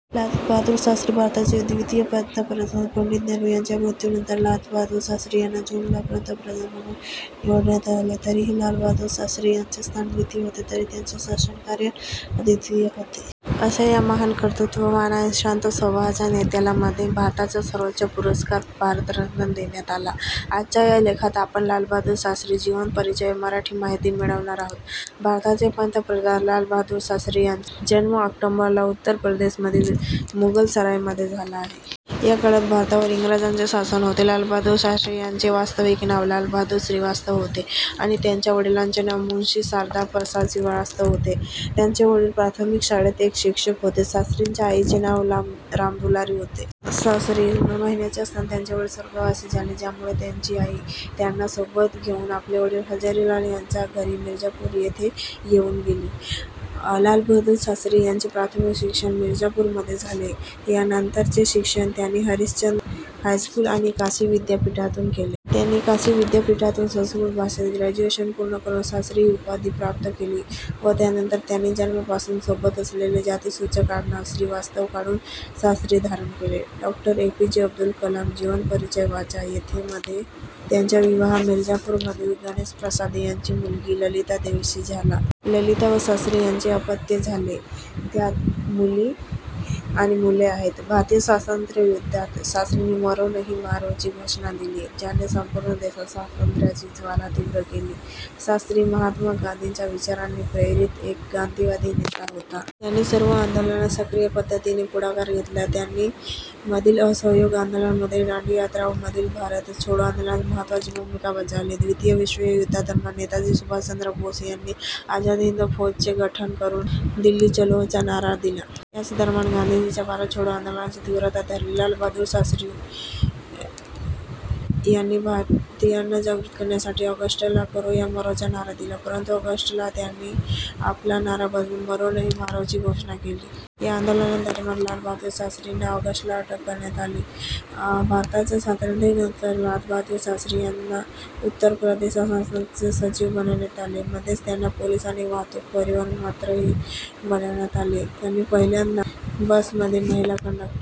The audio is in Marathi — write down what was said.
लालबहादूर शास्त्री भारताचे द्वितीय पंतप्रधान होते. पंडित नेहरू यांच्या मृत्यूनंतर लालबहादूर शास्त्री यांना जून ला पंतप्रधान म्हणून निवडण्यात आले. जरीही लाल बहादुर शास्त्री यांचे स्थान द्वितीय होते तरी त्यांचे शासन कार्य अद्वितीय होते. अश्या या महान, कर्तुत्ववान आणि शांत स्वभावाच्या नेत्याला मध्ये भारताचा सर्वोच्च पुरस्कार भारतरत्न देण्यात आला. आजच्या या लेखात आपण लाल बहादूर शास्त्री जीवन परिचय व मराठी माहिती मिळवणार आहोत. भारताचे पंतप्रधान लालबहादूर शास्त्री यांचा जन्म ऑक्टोंबर ला उत्तर प्रदेश मधील मुगलसराय मध्ये झाला आहे. या काळात भारतावर इंग्रजांचे शासन होते. लालबहादूर शास्त्री यांचे वास्तविक नाव लालबहादूर श्रीवास्तव होते आणि त्यांच्या वडिलांचे नाव मुंशी शारदाप्रसाद श्रीवास्तव होते, त्यांचे वडील प्राथमिक शाळेत एक शिक्षक होते. शास्त्रींच्या आईचे नाव रामदुलारी होते. शास्त्री महिन्याचे असताना त्यांचे वडील स्वर्गवासी झाले. ज्यामुळे त्यांची आई त्यांना सोबत घेऊन आपले वडील हजारीलाल यांच्या घरी मिर्झापूर येथे येऊन गेली. लाल बहादुर शास्त्री यांचे प्राथमिक शिक्षण मिर्जापुर मध्ये झाले. या नंतरचे शिक्षण त्यांनी हरिश्चंद्र हायस्कूल आणि काशी विद्यापीठातून केले. त्यांनी काशी विद्यापीठातून संस्कृत भाषेत ग्रॅज्युएशन पूर्ण करून 'शास्त्री' ही उपाधी प्राप्त केली. व नंतर त्यांनी जन्मापासून सोबत असलेले जाति सूचक आडनाव 'श्रीवास्तव' काढून 'शास्त्री' धारण केले. डॉ. ए पी जे अब्दुल कलम जीवन परिचय वाचा येथे मध्ये त्यांचा विवाह मिर्झापूर मधील गणेश प्रसाद यांची मुलगी ललिता देवीशी झाला. ललिता व शास्त्री यांचे अपत्य झाले. ज्यात मुली आणि मुले आहेत. भारतीय स्वातंत्र्ययुद्धात शास्त्रींनी 'मरो नही मारो' ची घोषणा दिली. ज्याने संपूर्ण देशात स्वातंत्र्याची ज्वाला तीव्र केली. शास्त्री महात्मा गांधीच्या विचारांनी प्रेरित एक गांधीवादी नेता होते. त्यांनी सर्व आंदोलनात सक्रिय पद्धतीने पुढाकार घेतला. त्यांनी मधील असहयोग आंदोलन, मध्ये दांडी यात्रा व मधील भारत छोडो आंदोलनात महत्त्वाची भूमिका बजावली. द्वितीय विश्व युद्धादरम्यान नेताजी सुभाषचंद्र बोस यांनी आझाद हिंद फौज चे गठण करून दिल्ली चलो चा नारा दिला. याच दरम्यान गांधीजींच्या भारत छोड़ो आंदोलनाने तीव्रता धरली. लाल बहादूर शास्त्रीं यांनी भारतीयांना जागृत करण्यासाठी ऑगस्ट ला करो या मरो चा नारा दिला. परंतु ऑगस्ट ला त्यांनी आपला नारा बदलून मरो नही मारो ची घोषणा केली. या आंदोलनादरम्यान लाल बहादूर शास्त्रीना ऑगस्ट ला अटक करण्यात आली. भारताच्या स्वातंत्र्यानंतर लालबहादूर शास्त्री यांना उत्तर प्रदेशच्या संसद चे सचिव बनवण्यात आले. मध्येच त्यांना पोलिस आणि वाहतूक परिवहन मत्रीही बनवण्यात आले. त्यांनी पहिल्यांदा बस मध्ये महिला कंडक्टर